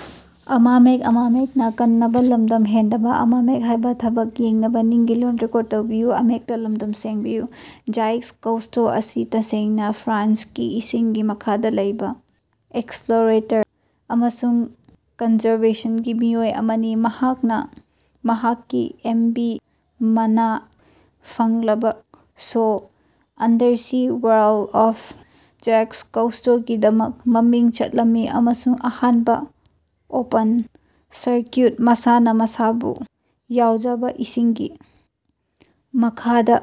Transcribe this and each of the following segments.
Jacques Cousteau ꯑꯁꯤ ꯇꯁꯦꯡꯅꯥ ꯐ꯭ꯔꯥꯟꯁꯀꯤ ꯏꯁꯤꯡꯒꯤ ꯃꯈꯥꯗꯥ ꯂꯩꯕꯥ ꯑꯦꯛꯁꯄ꯭ꯂꯣꯔꯦꯇꯔ ꯑꯃꯁꯨꯡ ꯀꯟꯖꯔꯕꯦꯁꯟꯒꯤ ꯃꯤꯑꯣꯏ ꯑꯃꯅꯤ꯫ ꯃꯍꯥꯛꯅꯥ ꯃꯍꯥꯛꯀꯤ ꯑꯦꯝꯕꯤ ꯃꯅꯥ ꯐꯪꯂꯕ ꯁꯣ, ꯑꯟꯗꯔꯁꯤ ꯋꯥꯔꯜꯗ ꯑꯣꯐ ꯖ꯭ꯌꯥꯛꯁ ꯀꯧꯁ꯭ꯇꯣꯒꯤꯗꯃꯛ ꯃꯃꯤꯡ ꯆꯠꯂꯝꯃꯤ ꯑꯃꯁꯨꯡ ꯑꯍꯥꯟꯕ ꯑꯣꯄꯟ-ꯁꯔꯀ꯭ꯌꯨꯠ, ꯃꯁꯥꯅ ꯃꯁꯥꯕꯨ ꯌꯥꯎꯖꯕ ꯏꯁꯤꯡꯒꯤ ꯃꯈꯥꯗꯥ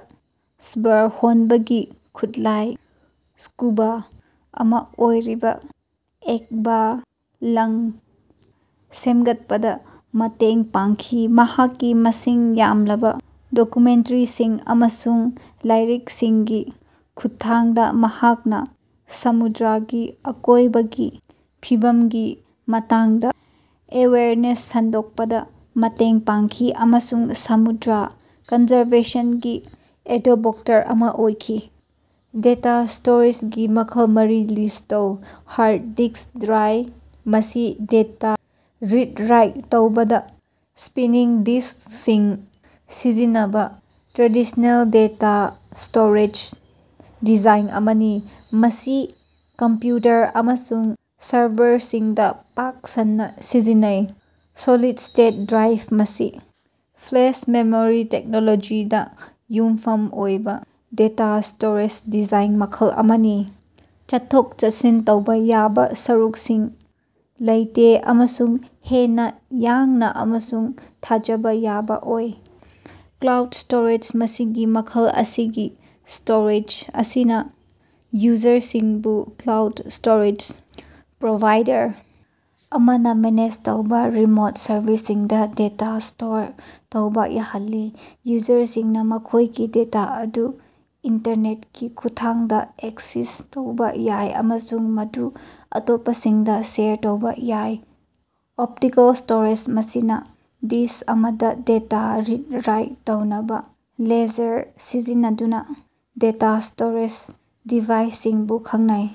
ꯁ꯭ꯕꯔ ꯍꯣꯟꯕꯒꯤ ꯈꯨꯠꯂꯥꯏ (ꯁ꯭ꯀꯨꯕꯥ) ꯑꯃꯥ ꯑꯣꯏꯔꯤꯕ ꯑꯦꯛꯕꯥ-ꯂꯪ ꯁꯦꯝꯒꯠꯄꯗ ꯃꯇꯦꯡ ꯄꯥꯡꯈꯤ꯫ ꯃꯍꯥꯛꯀꯤ ꯃꯁꯤꯡ ꯌꯥꯝꯂꯕ ꯗꯣꯀꯨꯃꯦꯟꯇꯔꯤꯁꯤꯡ ꯑꯃꯁꯨꯡ ꯂꯥꯏꯔꯤꯛꯁꯤꯡꯒꯤ ꯈꯨꯠꯊꯥꯡꯗ ꯃꯍꯥꯛꯅ ꯁꯃꯨꯗ꯭ꯔꯒꯤ ꯑꯀꯣꯏꯕꯒꯤ ꯐꯤꯕꯝꯒꯤ ꯃꯇꯥꯡꯗ ꯑꯦꯋꯦꯌꯔꯅꯦꯁ ꯁꯟꯗꯣꯛꯄꯗ ꯃꯇꯦꯡ ꯄꯥꯡꯈꯤ ꯑꯃꯁꯨꯡ ꯁꯃꯨꯗ꯭ꯔ ꯀꯟꯖꯔꯕꯦꯁꯟꯒꯤ ꯑꯦꯗꯣꯕꯣꯛꯇꯔ ꯑꯃ ꯑꯣꯏꯈꯤ꯫ ꯗꯦꯇꯥ ꯁ꯭ꯇꯣꯔꯦꯖꯒꯤ ꯃꯈꯜ ꯃꯔꯤ ꯂꯤꯁ꯭ꯠ ꯇꯧ꯫ ꯍꯥꯔꯗ ꯗꯤꯛ꯭ꯁ ꯗ꯭ꯔꯥꯏ ꯃꯁꯤ ꯗꯦꯇꯥ ꯔꯤꯗ ꯔꯥꯏꯠ ꯇꯧꯕꯗ ꯁ꯭ꯄꯤꯅꯤꯡ ꯗꯤꯁ꯭ꯛꯁꯤꯡ ꯁꯤꯖꯤꯟꯅꯕ ꯇ꯭ꯔꯦꯗꯤꯁꯅꯦꯜ ꯗꯦꯇꯥ ꯁ꯭ꯇꯣꯔꯦꯖ ꯗꯤꯚꯥꯏꯁ ꯑꯃꯅꯤ꯫ ꯃꯁꯤ ꯀꯝꯄ꯭ꯌꯨꯇꯔ ꯑꯃꯁꯨꯡ ꯁꯔꯚꯔꯁꯤꯡꯗ ꯄꯥꯛ ꯁꯟꯅ ꯁꯤꯖꯤꯟꯅꯩ꯫ ꯁꯣꯂꯤꯗ ꯁ꯭ꯇꯦꯠ ꯗ꯭ꯔꯥꯏꯚ ꯃꯁꯤ ꯐ꯭ꯂꯦꯁ ꯃꯦꯃꯣꯔꯤ ꯇꯦꯛꯅꯣꯂꯣꯖꯤꯗ ꯌꯨꯝꯐꯝ ꯑꯣꯏꯕ ꯗꯦꯇꯥ ꯁ꯭ꯇꯣꯔꯦꯖ ꯗꯤꯚꯥꯏꯁ ꯃꯈꯜ ꯑꯃꯅꯤ꯫ ꯆꯠꯊꯣꯛ-ꯆꯠꯁꯤꯟ ꯇꯧꯕ ꯌꯥꯕ ꯁꯔꯨꯛꯁꯤꯡ ꯂꯩꯇꯦ ꯑꯃꯁꯨꯡ ꯍꯦꯟꯅ ꯌꯥꯡꯅ ꯑꯃꯁꯨꯡ ꯊꯥꯖꯕ ꯌꯥꯕ ꯑꯣꯏ꯫ ꯀ꯭ꯂꯥꯎꯗ ꯁ꯭ꯇꯣꯔꯦꯖ ꯃꯁꯤꯒꯤ ꯃꯈꯜ ꯑꯁꯤꯒꯤ ꯁ꯭ꯇꯣꯔꯦꯖ ꯑꯁꯤꯅ ꯌꯨꯖꯔꯁꯤꯡꯕꯨ ꯀ꯭ꯂꯥꯎꯗ ꯁ꯭ꯇꯣꯔꯦꯖ ꯄ꯭ꯔꯣꯚꯥꯏꯗꯔ ꯑꯃꯅ ꯃꯦꯅꯦꯖ ꯇꯧꯕ ꯔꯤꯃꯣꯠ ꯁꯔꯚꯔꯁꯤꯡꯗ ꯗꯦꯇꯥ ꯁ꯭ꯇꯣꯔ ꯇꯧꯕ ꯌꯥꯍꯜꯂꯤ꯫ ꯌꯨꯖꯔꯁꯤꯡꯅ ꯃꯈꯣꯏꯒꯤ ꯗꯦꯇꯥ ꯑꯗꯨ ꯏꯟꯇꯔꯅꯦꯠꯀꯤ ꯈꯨꯠꯊꯥꯡꯗ ꯑꯦꯛꯁꯦꯁ ꯇꯧꯕ ꯌꯥꯏ ꯑꯃꯁꯨꯡ ꯃꯗꯨ ꯑꯇꯣꯞꯄꯁꯤꯡꯗ ꯁꯦꯌꯔ ꯇꯧꯕ ꯌꯥꯏ꯫ ꯑꯣꯞꯇꯤꯀꯦꯜ ꯁ꯭ꯇꯣꯔꯦꯖ ꯃꯁꯤꯅ ꯗꯤꯁ꯭ꯛ ꯑꯃꯗ ꯗꯦꯇꯥ ꯔꯤꯗ ꯔꯥꯏꯠ ꯇꯧꯅꯕ ꯂꯦꯖꯔ ꯁꯤꯖꯤꯟꯅꯗꯨꯅ ꯗꯦꯇꯥ ꯁ꯭ꯇꯣꯔꯦꯖ ꯗꯤꯚꯥꯏꯁꯁꯤꯡꯕꯨ ꯈꯪꯅꯩ꯫